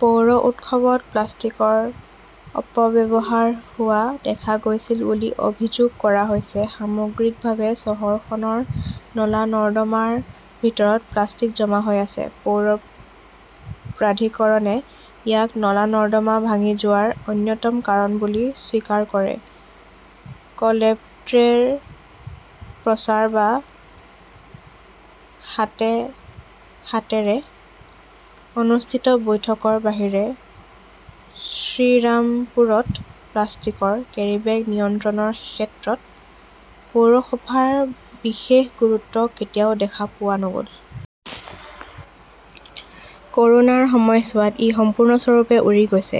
পৌৰ উৎসৱত প্লাষ্টিকৰ অপব্যৱহাৰ হোৱা দেখা গৈছিল বুলি অভিযোগ কৰা হৈছে। সামগ্ৰিকভাৱে, চহৰখনৰ নলা-নৰ্দমাৰ ভিতৰত প্লাষ্টিক জমা হৈ আছে। পৌৰ প্ৰাধিকৰণে ইয়াক নলা-নৰ্দমা ভাঙি যোৱাৰ অন্যতম কাৰণ বুলি স্বীকাৰ কৰে। কালেভদ্ৰেৰ প্ৰচাৰ বা হাতে হাতেৰে অনুষ্ঠিত বৈঠকৰ বাহিৰে শ্ৰীৰামপুৰত প্লাষ্টিকৰ কেৰীবেগ নিয়ন্ত্ৰণৰ ক্ষেত্ৰত পৌৰসভাৰ বিশেষ গুৰুত্ব কেতিয়াও দেখা পোৱা নগল। কৰোনাৰ সময়ছোৱাত ই সম্পূৰ্ণৰূপে উৰি গৈছে।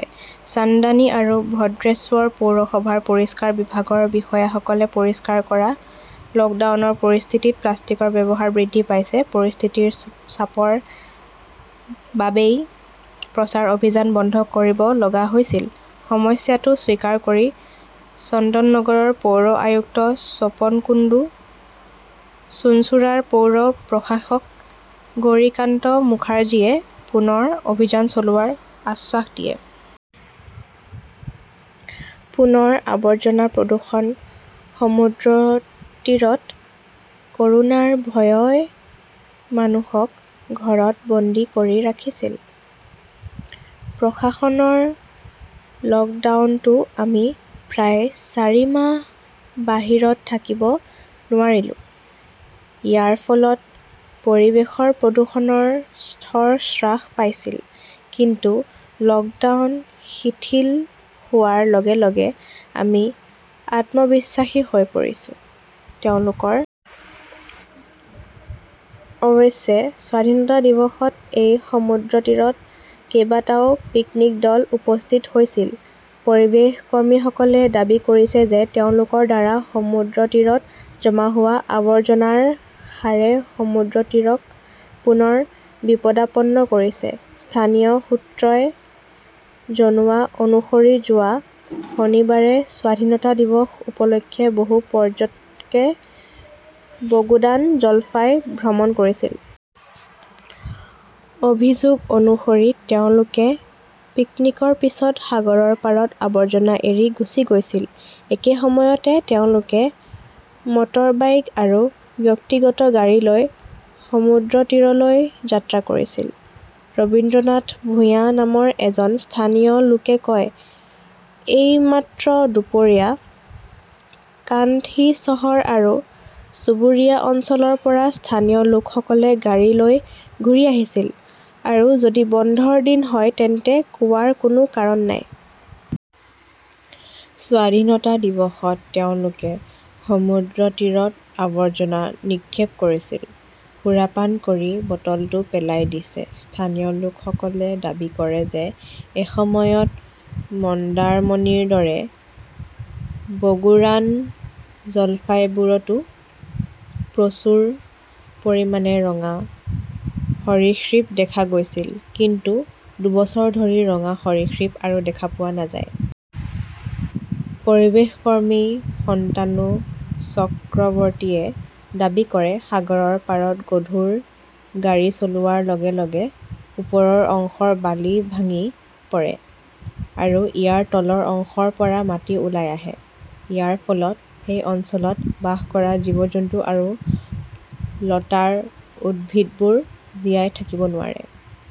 চান্দানী আৰু ভদ্ৰেশ্বৰ পৌৰসভাৰ পৰিষ্কাৰ বিভাগৰ বিষয়াসকলে পৰিষ্কাৰ কৰা, লকডাউনৰ পৰিস্থিতিত প্লাষ্টিকৰ ব্যৱহাৰ বৃদ্ধি পাইছে। পৰিস্থিতিৰ চাপৰ বাবেই প্ৰচাৰ অভিযান বন্ধ কৰিব লগা হৈছিল। সমস্যাটো স্বীকাৰ কৰি চন্দননগৰৰ পৌৰ আয়ুক্ত স্বপন কুণ্ডু, চুঞ্চুৰাৰ পৌৰ প্ৰশাসক গৌৰিকান্ত মুখাৰ্জীয়ে পুনৰ অভিযান চলোৱাৰ আশ্বাস দিয়ে। পুনৰ আবৰ্জনা প্ৰদূষণ সমুদ্ৰতীৰত কৰোনাৰ ভয়ই মানুহক ঘৰত বন্দী কৰি ৰাখিছিল। প্ৰশাসনৰ লকডাউনতো আমি প্ৰায় চাৰি মাহ বাহিৰত থাকিব নোৱাৰিলো। ইয়াৰ ফলত পৰিৱেশৰ প্ৰদূষণৰ স্তৰ হ্ৰাস পাইছিল। কিন্তু লকডাউন শিথিল হোৱাৰ লগে-লগে আমি আত্মবিশ্বাসী হৈ পৰিছো। তেওঁলোকৰ অৱশ্যে স্বাধীনতা দিৱসত এই সমুদ্ৰতীৰত কেইবাটাও পিকনিক দল উপস্থিত হৈছিল। পৰিৱেশ কৰ্মীসকলে দাবী কৰিছে যে তেওঁলোকৰ দ্বাৰা সমুদ্ৰতীৰত জমা হোৱা আৱৰ্জনাৰ হাৰে সমুদ্ৰতীৰক পুনৰ বিপদাপন্ন কৰিছে। স্থানীয় সূত্ৰই জনোৱা অনুসৰি যোৱা শনিবাৰে স্বাধীনতা দিৱস উপলক্ষে বহু পৰ্যটকে বগুদান জলফাই ভ্ৰমণ কৰিছিল। অভিযোগ অনুসৰি তেওঁলোকে পিকনিকৰ পিছত সাগৰৰ পাৰত আবৰ্জনা এৰি গুচি গৈছিল। একে সময়তে তেওঁলোকে মটৰবাইক আৰু ব্যক্তিগত গাড়ী লৈ সমুদ্ৰতীৰলৈ যাত্ৰা কৰিছিল। ৰবীন্দ্ৰনাথ ভুৱিয়ান নামৰ এজন স্থানীয় লোকে কয়, এইমাত্ৰ দুপৰীয়া কান্থী চহৰ আৰু চুবুৰীয়া অঞ্চলৰ পৰা স্থানীয় লোকসকলে গাড়ী লৈ ঘূৰি আহিছিল আৰু যদি বন্ধৰ দিন হয় তেন্তে কোৱাৰ কোনো কাৰণ নাই। স্বাধীনতা দিৱসত তেওঁলোকে সমুদ্ৰতীৰত আৱৰ্জনা নিক্ষেপ কৰিছিল। সুৰাপান কৰি বটলটো পেলাই দিছে। স্থানীয় লোকসকলে দাবী কৰে যে এসময়ত মন্দাৰমনিৰ দৰে বগুড়ান জলফাইবোৰতো প্ৰচুৰ পৰিমাণে ৰঙা সৰীসৃপ দেখা গৈছিল। কিন্তু দুবছৰ ধৰি ৰঙা সৰীসৃপ আৰু দেখা পোৱা নাযায়। পৰিৱেশ কৰ্মী সন্তানু চক্ৰৱৰ্তীয়ে দাবী কৰে, সাগৰৰ পাৰত গধুৰ গাড়ী চলোৱাৰ লগে লগে ওপৰৰ অংশৰ বালি ভাঙি পৰে। আৰু ইয়াৰ তলৰ অংশৰ পৰা মাটি ওলাই আহে। ইয়াৰ ফলত সেই অঞ্চলত বাস কৰা জীৱ-জন্তু আৰু লতাৰ উদ্ভিদবোৰ জীয়াই থাকিব নোৱাৰে।